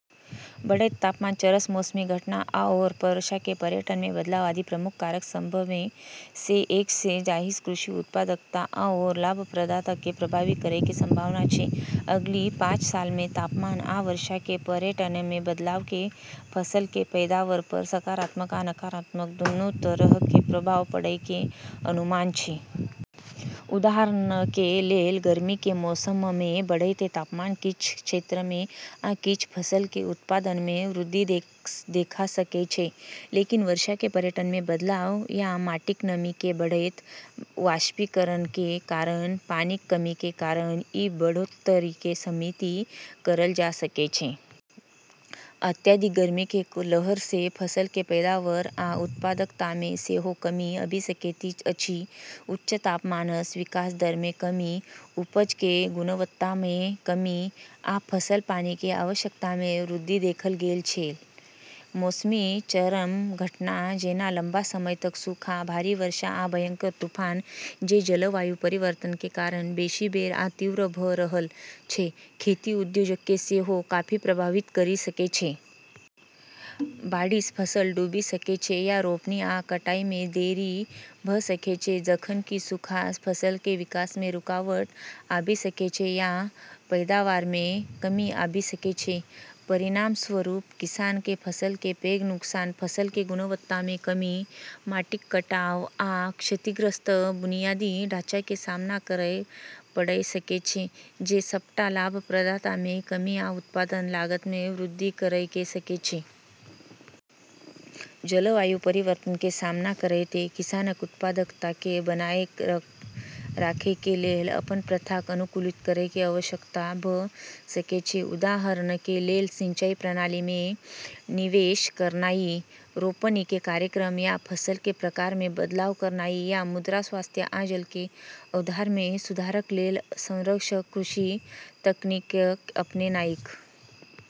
बढ़ैत तापमान, चरम मौसमी घटना, आओर वर्षाके पैटर्नमे बदलाव आदि प्रमुख कारक सभमे सँ एक छै जाहिसँ कृषि उत्पादकता आओर लाभप्रदताके प्रभावित करैके संभावना छै। अगिला पांच सालमे तापमान आ वर्षाके पैटर्नमे बदलावके फसलके पैदावार पर सकारात्मक आ नकारात्मक दुन्नू तरहके प्रभाव पड़यके अनुमान छै । उदाहरणके लेल गर्मीके मौसममे बढ़ैत तापमान किछ क्षेत्रमे आ किछ फसलके उत्पादनमे वृद्धि देखा सकै छै, लेकिन वर्षाके पैटर्नमे बदलाव या माटिक नमीके बढ़ैत वाष्पीकरणके कारण पानिक कमीके कारण ई बढ़ोत्तरीके सीमित करल जा सकै छै। अत्यधिक गर्मी के लहर सँ फसलके पैदावार आ उत्पादकतामे सेहो कमी आबि सकैत अछि; उच्च तापमानसँ विकास दरमे कमी, उपजके गुणवत्तामे कमी, आ फसल-पानिके आवश्यकतामे वृद्धि देखल गेल छै । मौसमी चरम घटना जेना लंबा समय तक सूखा, भारी वर्षा, आ भयंकर तूफान- जे जलवायु परिवर्तनके कारण बेशी बेर आ तीव्र भ' रहल छै, खेती उद्योगके सेहो काफी प्रभावित करि सकै छै । बाढ़िसँ फसल डूबि सकै छै या रोपनी आ कटाइमे देरी भ' सकै छै, जखन कि सूखासँ फसलके विकासमे रुकावट आबि सकै छै आ पैदावारमे कमी आबि सकै छै । परिणामस्वरूप किसानक फसलके पैघ नुकसान, फसलके गुणवत्तामे कमी, माटिक कटाव, आ क्षतिग्रस्त बुनियादी ढाँचाके सामना करय पड़य सकै छै, जे सबटा लाभप्रदतामे कमी आ उत्पादन लागतमे वृद्धि कयर सकै छै । जलवायु परिवर्तनके सामना करैत किसानक उत्पादकताके बनाए राखैके लेल अपन प्रथाक अनुकूलित करैके आवश्यकता भ' सकै छै, उदाहरणके लेल सिंचाई प्रणालीमे निवेश करनाइ, रोपनीके कार्यक्रम या फसलके प्रकारमे बदलाव करनाइ या मृदा स्वास्थ्य आ जलके अवधारणमे सुधारक लेल संरक्षण कृषि तकनीकके अपनेनाइ ।